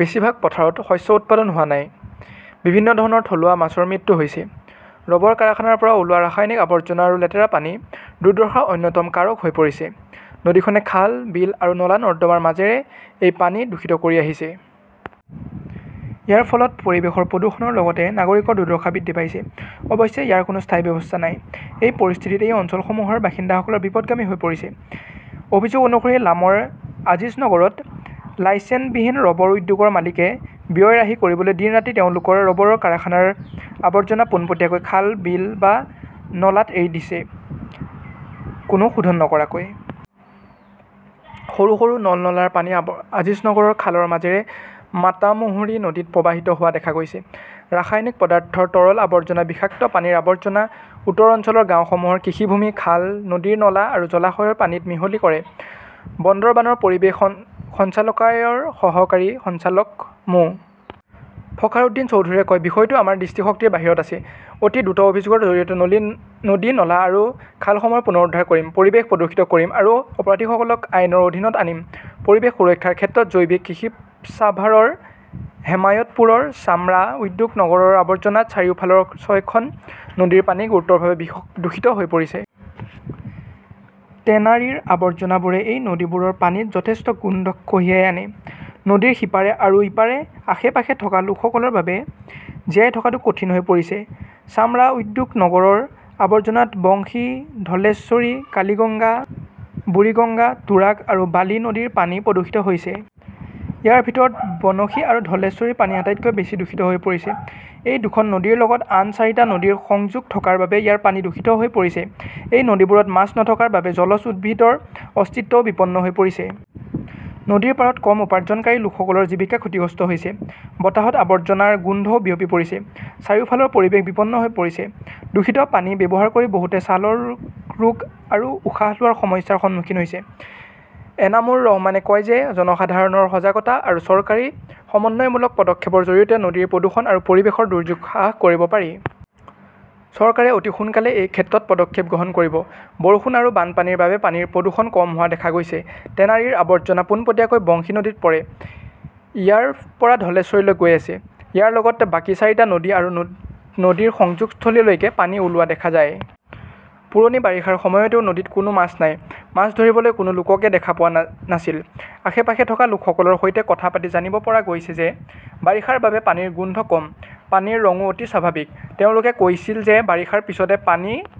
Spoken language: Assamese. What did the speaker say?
বেছিভাগ পথাৰত শস্য উৎপাদন হোৱা নাই। বিভিন্ন ধৰণৰ থলুৱা মাছৰ মৃত্যু হৈছে। ৰবৰ কাৰখানাৰ পৰা ওলোৱা ৰাসায়নিক আৱৰ্জনা আৰু লেতেৰা পানী দুৰ্দশাৰ অন্যতম কাৰক হৈ পৰিছে। নদীখনে খাল, বিল আৰু নলা-নৰ্দমাৰ মাজেৰে এই পানী দূষিত কৰি আহিছে। ইয়াৰ ফলত পৰিৱেশৰ প্ৰদূষণৰ লগতে নাগৰিকৰ দুৰ্দশা বৃদ্ধি পাইছে। অৱশ্যে, ইয়াৰ কোনো স্থায়ী ব্যৱস্থা নাই। এই পৰিস্থিতিত এই অঞ্চলসমূহৰ বাসিন্দাসকল বিপথগামী হৈ পৰিছে। অভিযোগ অনুসৰি লামৰ আজিজনগৰত লাইচেনবিহীন ৰবৰ উদ্যোগৰ মালিকে ব্যয় ৰাহি কৰিবলৈ দিন-ৰাতি তেওঁলোকৰ ৰবৰ কাৰখানাৰ আৱৰ্জনা পোনপটীয়াকৈ খাল-বিল বা নালাত এৰি দি আছে, কোনো শোধন নকৰাকৈ। সৰু সৰু নল-নলাৰ পানী আজিজনগৰ খালৰ মাজেৰে মাতামুহুৰী নদীত প্ৰৱাহিত হোৱা দেখা গৈছিল। ৰাসায়নিক পদাৰ্থৰ তৰল আৱৰ্জনা বিষাক্ত পানীৰ আৱৰ্জনা উত্তৰ অঞ্চলৰ গাঁওসমূহৰ কৃষিভূমি, খাল, নদীৰ নলা আৰু জলাশয়ৰ পানীত মিহলি কৰে। বন্দৰবানৰ পৰিৱেশ সঞ্চালকালয়ৰ সহকাৰী সঞ্চালক মো. ফখাৰউদ্দিন চৌধুৰীয়ে কয়, বিষয়টো আমাৰ দৃষ্টিশক্তিৰ বাহিৰত আছিল । অতি দ্ৰুত অভিযানৰ জৰিয়তে নদী-নলা আৰু খালসমূহ পুনৰুদ্ধাৰ কৰিম, পৰিৱেশ প্ৰদূষিত কৰিম আৰু অপৰাধীসকলক আইনৰ অধীনত আনিম। পৰিৱেশ সুৰক্ষাৰ ক্ষেত্ৰত জৈৱিক কৃষি ছাভাৰৰ হেমায়তপুৰৰ চামৰা উদ্যোগ নগৰৰ আৱৰ্জনাত চাৰিওফালৰ ছয়খন নদীৰ পানী গুৰুতৰভাৱে দূষিত হৈ পৰিছে। টেনাৰীৰ আৱৰ্জনাবোৰে এই নদীবোৰৰ পানীত যথেষ্ট গোন্ধ কঢ়িয়াই আনে। নদীৰ সিপাৰে আৰু ইয়াৰ আশে-পাশে থকা লোকসকলৰ বাবে জীয়াই থকাটো কঠিন হৈ পৰিছে। চামৰা উদ্যোগ নগৰৰ আৱৰ্জনাত বংশী, ধলেশ্বৰী, কালিগঙ্গা, বুৰিগঙ্গা, তুৰাগ আৰু বালি নদীৰ পানী প্ৰদূষিত হৈছে। ইয়াৰ ভিতৰত বনশী আৰু ধলেশ্বৰীৰ পানী আটাইতকৈ বেছি দূষিত হৈ পৰিছে। এই দুখন নদীৰ লগত আন চাৰিটা নদীৰ সংযোগ থকাৰ বাবে ইয়াৰ পানী দূষিত হৈ পৰিছে। এই নদীবোৰত মাছ নথকাৰ বাবে জলজ উদ্ভিদৰ অস্তিত্বও বিপন্ন হৈ পৰিছে। নদীৰ পাৰত কম উপাৰ্জনকাৰী লোকসকলৰ জীৱিকা ক্ষতিগ্ৰস্ত হৈছে। বতাহত আৱৰ্জনাৰ গোন্ধও বিয়পি পৰিছে। চাৰিওফালৰ পৰিৱেশ বিপন্ন হৈ পৰিছে। দূষিত পানী ব্যৱহাৰ কৰি বহুতে ছালৰ ৰোগ আৰু উশাহ লোৱাৰ সমস্যাৰ সন্মুখীন হৈছে। এনামুৰ ৰহমানে কয় যে জনসাধাৰণৰ সজাগতা আৰু চৰকাৰী সমন্বয়মূলক পদক্ষেপৰ জৰিয়তেহে নদীৰ প্ৰদূষণ আৰু পৰিৱেশৰ দুৰ্যোগ হ্ৰাস কৰিব পাৰি। চৰকাৰে অতি সোনকালেই এই ক্ষেত্ৰত পদক্ষেপ গ্ৰহণ কৰিব। বৰষুণ আৰু বানপানীৰ বাবে পানীৰ প্ৰদূষণ কম হোৱা দেখা গৈছে। টেনাৰীৰ আৱৰ্জনা পোনপটীয়াকৈ বংশী নদীত পৰে। ইয়াৰ পৰা ধলেশ্বৰীলৈ গৈ আছে। ইয়াৰ লগত বাকী চাৰিটা নদী আৰু নদীৰ সংযোগস্থললৈকে পানী ওলোৱা দেখা যায়। পুৰণি বাৰিষাৰ সময়তও নদীত কোনো মাছ নাই। মাছ ধৰিবলৈ কোনো লোককে দেখা পোৱা নাছিল। আশে-পাশে থকা লোকসকলৰ সৈতে কথা পাতি জানিব পৰা গৈছে যে বাৰিষাৰ বাবে পানীৰ গোন্ধ কম। পানীৰ ৰংও অতি স্বাভাৱিক। তেওঁলোকে কৈছিল যে বাৰিষাৰ পিছতে পানী ক